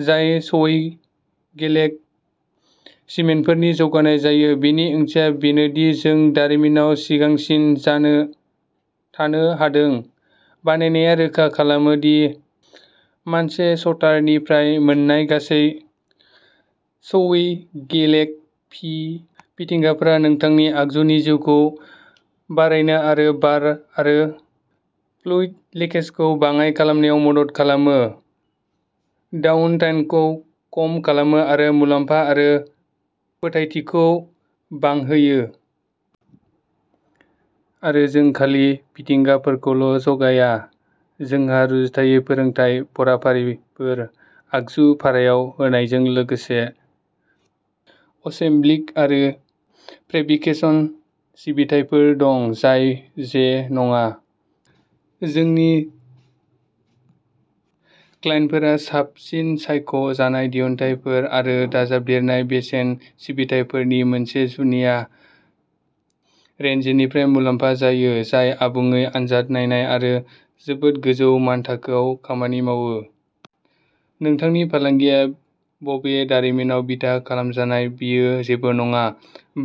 जाय स्वैगेलक सिस्टेमफोरनि जौगानाय जायो, बेनि ओंथिया बेनो दि जों दारिमिनाव सिगांसिन जानो थानो हादों। बानायनाया रोखा खालामो दि मानचेस्टारनिफ्राय मोन्नाय गासैबो स्वैगेलक फिटिंगफोरा नोंथांनि आगजुनि जिउखौ बारायनो आरो बार आरो फ्लुइड लिकेजखौ बाङाइ खालामनायाव मदद खालामो, डाउन टाइमखौ खम खालामो आरो मुलाम्फा आरो फोथायथिखौ बांहोयो। आरो जों खालि फिटिंगफोरखौल' जगाया। जोंहा रुजुजायै फोरोंथाय फरायफारिफोर, आगजु भारायाव होनायजों लोगोसे असेमब्लिक आरो फेब्रिकेशन सिबिथाइफोर दं जाय जे नङा। जोंनि क्लाइन्टफोरा साबसिन सायख' जानाय दिहुनथायफोर आरो दाजाबदेरनाय बेसेन सिबिथाइफोरनि मोनसे जुनिया रेन्जनिफ्राय मुलाम्फा जायो जाय आबुङै आनजाद नायजानाय आरो जोबोद गोजौ मानथाखोआव खामानि मावो। नोंथांनि फालांगिया बबे दारिमिनाव बिथा खालामजानाय बेयो जेबो नङा।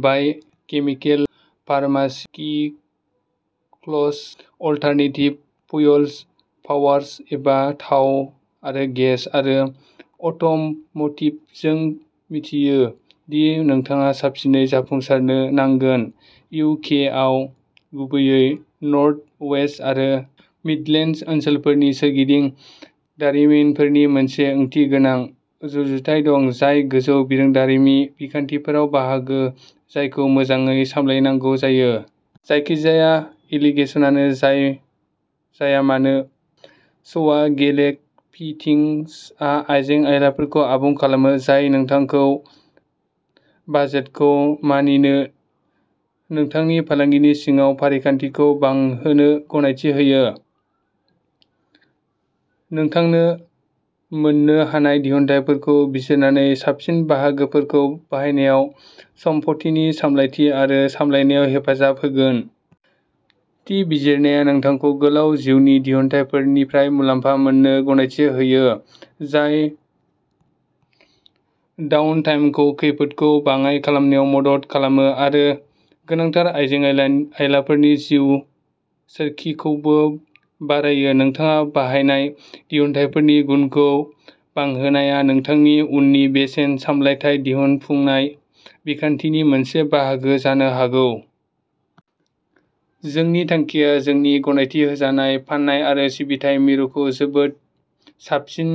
Biochemical, pharmaceuticals, alternative fuels, power एबा थाव आरो गेस, आरो अट'म'टिभ जों मिथियो दि नोंथाङा साबसिनै जाफुंसारनो नांगोन। इउ के आव, गुबैयै नर्थ वेस्ट आरो मिडलेन्डस ओनसोलफोरनि सोरगिदिं, दारिमिनफोरनि मोनसे ओंथिगोनां रुजुथाय दं, जाय गोजौ बिरोंदामि बिखान्थिफोरखौ बाहायो जायखौ मोजाङै सामलायनांगौ जायो। जायखिजाया एलिकेसनानो जायो जाया मानो, स्वागेलेक फिटिंसआ आइजें-आइलाफोरखौ आबुं खालामो, जाय नोंथांखौ बाजेटखौ मानिनो, नोंथांनि फालांगिनि सिङाव फारिखान्थिफोरखौ बांहोनो गनायथि होयो। नोंथांनो मोन्नो हानाय दिहुनथायफोरखौ बिजिरनानै, साबसिन बाहागोफोरखौ बाहायनायाव सम्पथिनि सामलायथि आरो सामलायनायाव हेफाजाब होगोन। थि बिजिरनाया नोंथांखौ गोलाव जिउनि दिहुनथायफोरनिफ्राय मुलाम्फा मोननो गनायथि होयो जाय डाउन टाइमखौ खैफोदखौ बाङाय खालामनायाव मदद खालामो, आरो गोनांथार आइजें-आय आइलाफोरनि जिउ सोरखिखौ बारायो। नोंथाङा बाहायनाय दिहुनथायफोरनि गुनखौ बांहोनायआ नोंथांनि उननि बेसेन सामलायथाय दिहुनफुंनाय बिथांखिनि मोनसे बाहागो जानो हागौ। जोंनि थांखिया जोंनि गनायथि होजानाय फान्नाय आरो सिबिथाइ मिरुखौ जोबोद साबसिन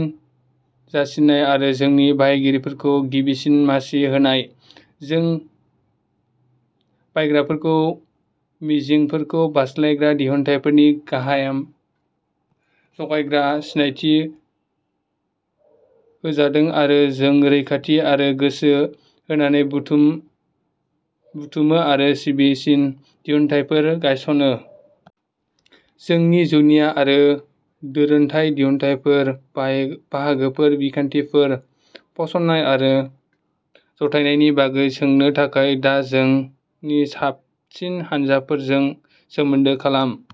जासिनाय आरो जोंनि बायगिरिफोरखौ गिबिसिन मासि होनाय। जों बायग्राफोरखौ मिजिंफोरखौ बारस्लायग्रा दिहुनथायफोरनि गाहाय जगायग्रा सिनायथि होजादों, आरो जों रैखाथि आरो गोसो होनानै बुथुमो बुथुमो आरो सिबिसिन दिहुनथायफोर गायसनो। जोंनि जुनिया आरो दोरोनथाय दिहुनथायफोर, बाहाय बाहागोफोर, बिखान्थिफोर, फसंनाय आरो जथायनायनि बागै सोंनो थाखाय दा जोंनि साबसिन हानजाफोरजों सोमोन्दो खालाम।